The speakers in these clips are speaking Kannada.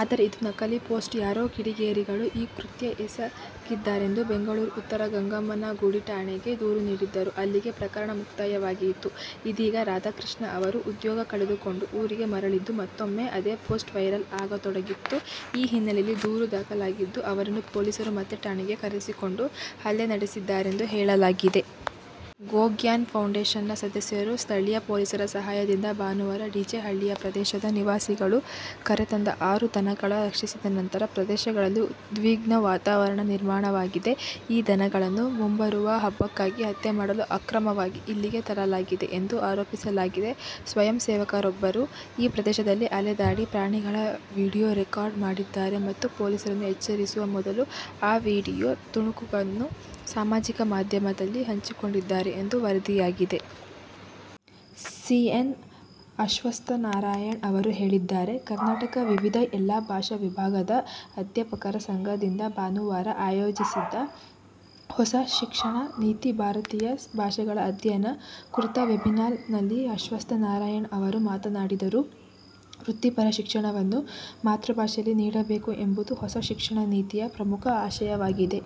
ಆದರೆ, ಇದು ನಕಲಿ ಪೋಸ್ಟ್ ಯಾರೋ ಕಿಡಿಗೇರಿಗಳು ಈ ಕೃತ್ಯ ಎಸಗಿದ್ದಾರೆಂದು ಬೆಂಗಳೂರು ಉತ್ತರ ಗಂಗಮ್ಮನ ಗುಡಿ ಠಾಣೆಗೆ ದೂರಿ ನೀಡಿದ್ದರು. ಅಲ್ಲಿಗೆ ಪ್ರಕರಣ ಮುಕ್ತಾಯವಾಗಿತ್ತು. ಇದೀಗ ರಾಧಾಕೃಷ್ಣ ಅವರು ಉದ್ಯೋಗ ಕಳೆದುಕೊಂಡು ಊರಿಗೆ ಮರಳಿದ್ದು, ಮತ್ತೊಮ್ಮೆ ಅದೇ ಪೋಸ್ಟ್ ವೈರಲ್ ಆಗತೊಡಗಿತ್ತು. ಈ ಹಿನ್ನೆಲೆಯಲ್ಲಿ ದೂರು ದಾಖಲಾಗಿದ್ದು, ಅವರನ್ನು ಪೊಲೀಸರು ಮತ್ತೆ ಠಾಣೆಗೆ ಕರೆಸಿಕೊಂಡು ಹಲ್ಲೆ ನಡೆಸಿದ್ದಾರೆಂದು ಹೇಳಲಾಗಿದೆ. ಗೋ ಗ್ಯಾನ್ ಫೌಂಡೇಶನ್ನ ಸದಸ್ಯರು ಸ್ಥಳೀಯ ಪೊಲೀಸರ ಸಹಾಯದಿಂದ ಭಾನುವಾರ ಡಿಜೆ ಹಳ್ಳಿಯ ಪ್ರದೇಶದ ನಿವಾಸಿಗಳು ಕರೆತಂದ ಆರು ದನಗಳ ರಕ್ಷಿಸಿದ ನಂತರ ಪ್ರದೇಶದಲ್ಲಿ ಉದ್ವಿಗ್ನ ವಾತಾವರಣ ನಿರ್ಮಾಣವಾಗಿದೆ. ಈ ದನಗಳನ್ನು ಮುಂಬರುವ ಹಬ್ಬಕ್ಕಾಗಿ ಹತ್ಯೆ ಮಾಡಲು ಅಕ್ರಮವಾಗಿ ಇಲ್ಲಿಗೆ ತರಲಾಗಿದೆ ಎಂದು ಆರೋಪಿಸಲಾಗಿದೆ. ಸ್ವಯಂಸೇವಕರೊಬ್ಬರು ಈ ಪ್ರದೇಶದಲ್ಲಿ ಅಲೆದಾಡಿ ಪ್ರಾಣಿಗಳ ವಿಡಿಯೋ ರೆಕಾರ್ಡ್ ಮಾಡಿದ್ದಾರೆ ಮತ್ತು ಪೊಲೀಸರನ್ನು ಎಚ್ಚರಿಸುವ ಮೊದಲು ಆ ವಿಡಿಯೋ ತುಣುಕನ್ನು ಸಾಮಾಜಿಕ ಮಾಧ್ಯಮದಲ್ಲಿ ಹಂಚಿಕೊಂಡಿದ್ದಾರೆ ಎಂದು ವರದಿಯಾಗಿದೆ. ಸಿ. ಎನ್. ಅಶ್ವತ್ಥನಾರಾಯಣ್ ಅವರು ಹೇಳಿದ್ದಾರೆ. ಕರ್ನಾಟಕ ವಿವಿಯ ಎಲ್ಲಾ ಭಾಷಾ ವಿಭಾಗದ ಅಧ್ಯಾಪಕರ ಸಂಘದಿಂದ ಭಾನುವಾರ ಆಯೋಜಿಸಿದ್ದ ಹೊಸ ಶಿಕ್ಷಣ ನೀತಿ-ಭಾರತೀಯ ಭಾಷೆಗಳ ಅಧ್ಯಯನ ಕುರಿತ ವೆಬಿನಾಲ್ ನಲ್ಲಿ ಅಶ್ವತ್ಥ ನಾರಾಯಣ್ ಅವರು ಮಾತನಾಡಿದರು. ವೃತ್ತಿಪರ ಶಿಕ್ಷಣವನ್ನು ಮಾತೃಭಾಷೆಯಲ್ಲಿ ನೀಡಬೇಕು ಎಂಬುದು ಹೊಸ ಶಿಕ್ಷಣ ನೀತಿಯ ಪ್ರಮುಖ ಆಶಯವಾಗಿದೆ.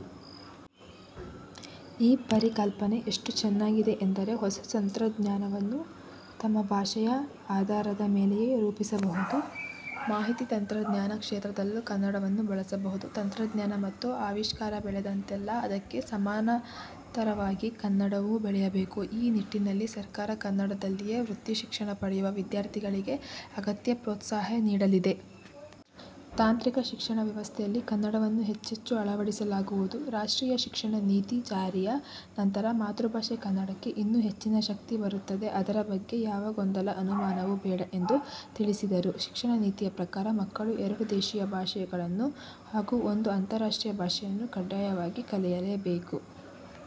ಈ ಪರಿಕಲ್ಪನೆ ಎಷ್ಟು ಚೆನ್ನಾಗಿದೆ ಎಂದರೆ ಹೊಸ ತಂತ್ರಜ್ಞಾನವನ್ನು ತಮ್ಮ ಭಾಷೆಯ ಆಧಾರದ ಮೇಲೆಯೇ ರೂಪಿಸಬಹುದು. ಮಾಹಿತಿ ತಂತ್ರಜ್ಞಾನ ಕ್ಷೇತ್ರದಲ್ಲೂ ಕನ್ನಡವನ್ನು ಬಳಸಬಹುದು. ತಂತ್ರಜ್ಞಾನ ಮತ್ತು ಆವಿಷ್ಕಾರ ಬೆಳೆದಂತೆಲ್ಲ ಅದಕ್ಕೆ ಸಮಾನಾಂತರವಾಗಿ ಕನ್ನಡವೂ ಬೆಳೆಯಬೇಕು. ಈ ನಿಟ್ಟಿನಲ್ಲಿ ಸರ್ಕಾರ ಕನ್ನಡದಲ್ಲಿಯೇ ವೃತ್ತಿಶಿಕ್ಷಣ ಪಡೆಯುವ ವಿದ್ಯಾರ್ಥಿಗಳಿಗೆ ಅಗತ್ಯ ಪೋತ್ಸಾಹ ನೀಡಲಿದೆ. ತಾಂತ್ರಿಕ ಶಿಕ್ಷಣ ವ್ಯವಸ್ಥೆಯಲ್ಲಿ ಕನ್ನಡವನ್ನು ಹೆಚ್ಚೆಚ್ಚು ಅಳವಡಿಸಲಾಗುವುದು. ರಾಷ್ಟ್ರೀಯ ಶಿಕ್ಷಣ ನೀತಿ ಜಾರಿಯ ನಂತರ ಮಾತೃಭಾಷೆ ಕನ್ನಡಕ್ಕೆ ಇನ್ನೂ ಹೆಚ್ಚಿನ ಶಕ್ತಿ ಬರುತ್ತದೆ. ಅದರ ಬಗ್ಗೆ ಯಾವ ಗೊಂದಲ, ಅನುಮಾನವೂ ಬೇಡ ಎಂದು ತಿಳಿಸಿದರು. ಶಿಕ್ಷಣ ನೀತಿಯ ಪ್ರಕಾರ ಮಕ್ಕಳು ಎರಡು ದೇಶಿಯ ಭಾಷೆಗಳನ್ನು ಹಾಗೂ ಒಂದು ಅಂತಾರಾಷ್ಟ್ರೀಯ ಭಾಷೆಯನ್ನು ಕಡ್ಡಾಯವಾಗಿ ಕಲಿಯಲೇಬೇಕು.